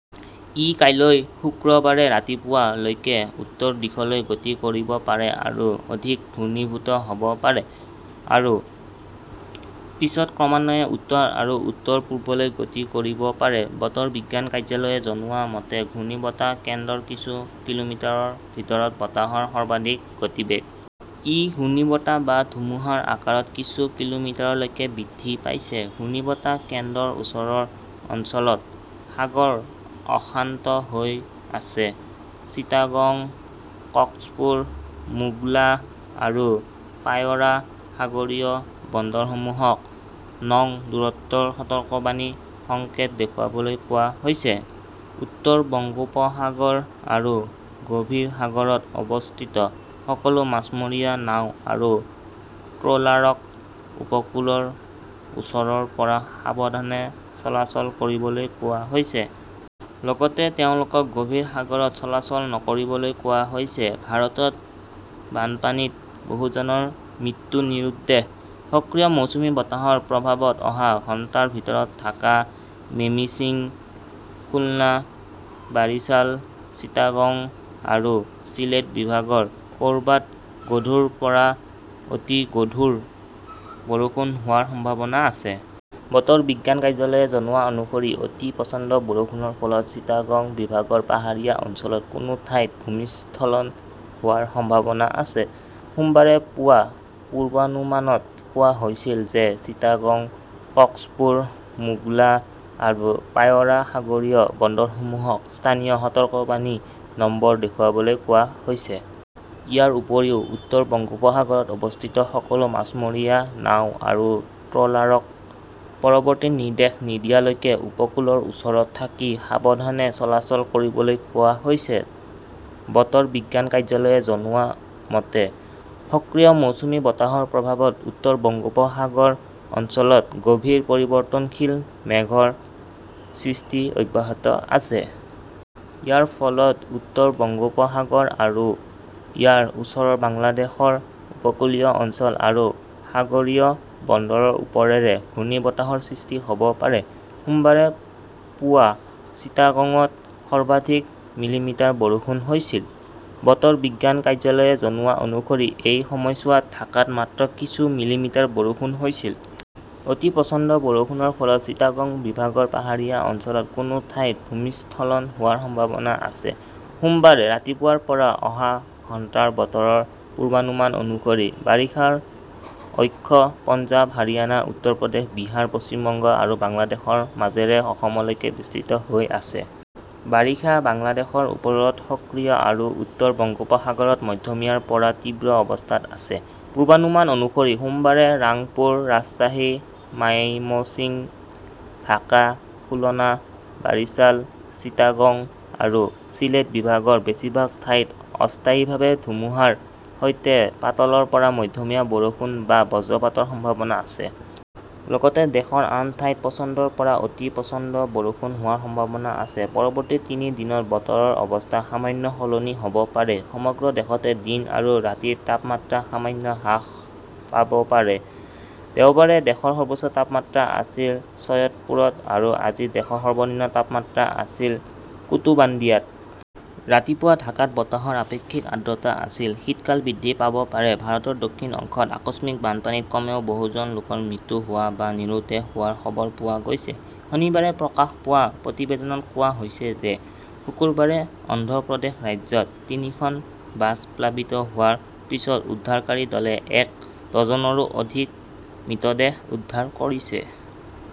ই কাইলৈ শুক্ৰবাৰে ৰাতিপুৱা লৈকে উত্তৰ দিশলৈ গতি কৰিব পাৰে আৰু অধিক ঘনীভূত হ'ব পাৰে আৰু পিছত ক্ৰমান্বয়ে উত্তৰ আৰু উত্তৰ-পূবলৈ গতি কৰিব পাৰে। বতৰ বিজ্ঞান কাৰ্যালয়ে জনোৱা মতে, ঘূৰ্ণীবতাহ কেন্দ্ৰৰ কিছু কিলোমিটাৰৰ ভিতৰত বতাহৰ সৰ্বাধিক গতিবেগ। ই ঘূৰ্ণীবতাহ বা ধুমুহাৰ আকাৰত কিছু কিলোমিটাৰলৈকে বৃদ্ধি পাইছে। ঘূৰ্ণীবতাহ কেন্দ্ৰৰ ওচৰৰ অঞ্চলত সাগৰ অশান্ত হৈ আছে। চিটাগং, কক্সপুৰ, মোংলা আৰু পায়ৰা সাগৰীয় বন্দৰসমূহক নং দূৰত্বৰ সতৰ্কবাণী সংকেত দেখুৱাবলৈ কোৱা হৈছে। উত্তৰ বংগোপসাগৰ আৰু গভীৰ সাগৰত অৱস্থিত সকলো মাছমৰীয়া নাও আৰু ট্ৰলাৰক উপকূলৰ ওচৰৰ পৰা সাৱধানে চলাচল কৰিবলৈ কোৱা হৈছে। লগতে তেওঁলোকক গভীৰ সাগৰত চলাচল নকৰিবলৈ কোৱা হৈছে। ভাৰতত বানপানীত বহুজনৰ মৃত্যুনিৰুদ্দেশ। সক্ৰিয় মৌচুমী বতাহৰ প্ৰভাৱত অহা ঘণ্টাৰ ভিতৰত ঢাকা, মেমিন্সিং, খুলনা, বাৰিছাল, চিটাগং আৰু চিলেট বিভাগৰ ক'ৰবাত গধুৰ পৰা অতি গধুৰ বৰষুণ হোৱাৰ সম্ভাৱনা আছে। বতৰ বিজ্ঞান কাৰ্যালয়ে জনোৱা অনুসৰি অতি প্ৰচণ্ড বৰষুণৰ ফলত চিটাগং বিভাগৰ পাহাৰীয়া অঞ্চলত কোনো ঠাইত ভূমিস্খলন হোৱাৰ সম্ভাৱনা আছে। সোমবাৰে পুৱা পূৰ্বানুমানত কোৱা হৈছিল যে চিটাগং, কক্সপুৰ, মোংলা আৰু পায়ৰা সাগৰীয় বন্দৰসমূহক স্থানীয় সতৰ্কবাণী নম্বৰ দেখুৱাবলৈ কোৱা হৈছে। ইয়াৰ উপৰিও উত্তৰ বংগোপসাগৰত অৱস্থিত সকলো মাছমৰীয়া নাও আৰু ট্ৰলাৰক পৰৱৰ্তী নিৰ্দেশ নিদিয়ালৈকে উপকূলৰ ওচৰত থাকি সাৱধানে চলাচল কৰিবলৈ কোৱা হৈছে। বতৰ বিজ্ঞান কাৰ্যালয়ে জনোৱা মতে, সক্ৰিয় মৌচুমী বতাহৰ প্ৰভাৱত উত্তৰ বংগোপসাগৰ অঞ্চলত গভীৰ পৰিৱৰ্তনশীল মেঘৰ সৃষ্টি অব্যাহত আছে। ইয়াৰ ফলত উত্তৰ বংগোপসাগৰ আৰু ইয়াৰ ওচৰৰ বাংলাদেশৰ উপকূলীয় অঞ্চল আৰু সাগৰীয় বন্দৰৰ ওপৰেৰে ঘূৰ্ণীবতাহৰ সৃষ্টি হ'ব পাৰে। সোমবাৰে পুৱা চিটাগঙত সৰ্বাধিক মিলিমিটাৰ বৰষুণ হৈছিল। বতৰ বিজ্ঞান কাৰ্যালয়ে জনোৱা অনুসৰি এই সময়ছোৱাত ঢাকাত মাত্ৰ কিছু মিলিমিটাৰ বৰষুণ হৈছিল। অতি প্ৰচণ্ড বৰষুণৰ ফলত চিটাগং বিভাগৰ পাহাৰীয়া অঞ্চলত কোনো ঠাইত ভূমিস্খলন হোৱাৰ সম্ভাৱনা আছে। সোমবাৰে ৰাতিপুৱাৰ পৰা অহা ঘণ্টাৰ বতৰৰ পূৰ্বানুমান অনুসৰি, বাৰিষাৰ অক্ষ পঞ্জাৱ, হাৰিয়ানা, উত্তৰ প্ৰদেশ, বিহাৰ, পশ্চিমবংগ আৰু বাংলাদেশৰ মাজেৰে অসমলৈকে বিস্তৃত হৈ আছে। বাৰিষা বাংলাদেশৰ ওপৰত সক্ৰিয় আৰু উত্তৰ বংগোপসাগৰত মধ্যমীয়াৰ পৰা তীব্ৰ অৱস্থাত আছে। পূৰ্বানুমান অনুসৰি সোমবাৰে ৰাংপুৰ, ৰাজশ্বাহী, মাইমশ্বিং, ঢাকা, খুলনা, বাৰিছাল, চিটাগং আৰু চিলেট বিভাগৰ বেছিভাগ ঠাইত অস্থায়ীভাৱে ধুমুহাৰ সৈতে পাতলৰ পৰা মধ্যমীয়া বৰষুণ বা বজ্ৰপাতৰ সম্ভাৱনা আছে। লগতে দেশৰ আন ঠাইত প্ৰচণ্ডৰ পৰা অতি প্ৰচণ্ড বৰষুণ হোৱাৰ সম্ভাৱনা আছে। পৰৱৰ্তী তিনি দিনত বতৰৰ অৱস্থা সামান্য সলনি হ'ব পাৰে। সমগ্ৰ দেশতে দিন আৰু ৰাতিৰ তাপমাত্ৰা সামান্য হ্ৰাস পাব পাৰে। দেওবাৰে দেশৰ সৰ্বোচ্চ তাপমাত্ৰা আছিল চৈয়দপুৰত আৰু আজি দেশৰ সৰ্বনিম্ন তাপমাত্ৰা আছিল কুতুবাদিয়াত। ৰাতিপুৱা ঢাকাত বতাহৰ আপেক্ষিক আৰ্দ্ৰতা আছিল। শীতকাল বৃদ্ধি পাব পাৰে ভাৰতৰ দক্ষিণ অংশত আকস্মিক বানপানীত কমেও বহুজন লোকৰ মৃত্যু হোৱা বা নিৰুদ্দেশ হোৱাৰ খবৰ পোৱা গৈছে। শনিবাৰে প্ৰকাশ পোৱা প্ৰতিবেদনত কোৱা হৈছে যে শুকুৰবাৰে অন্ধ্ৰ প্ৰদেশ ৰাজ্যত তিনিখন বাছ প্লাবিত হোৱাৰ পিছত উদ্ধাৰকাৰী দলে এক ডজনৰো অধিক মৃতদেহ উদ্ধাৰ কৰিছে।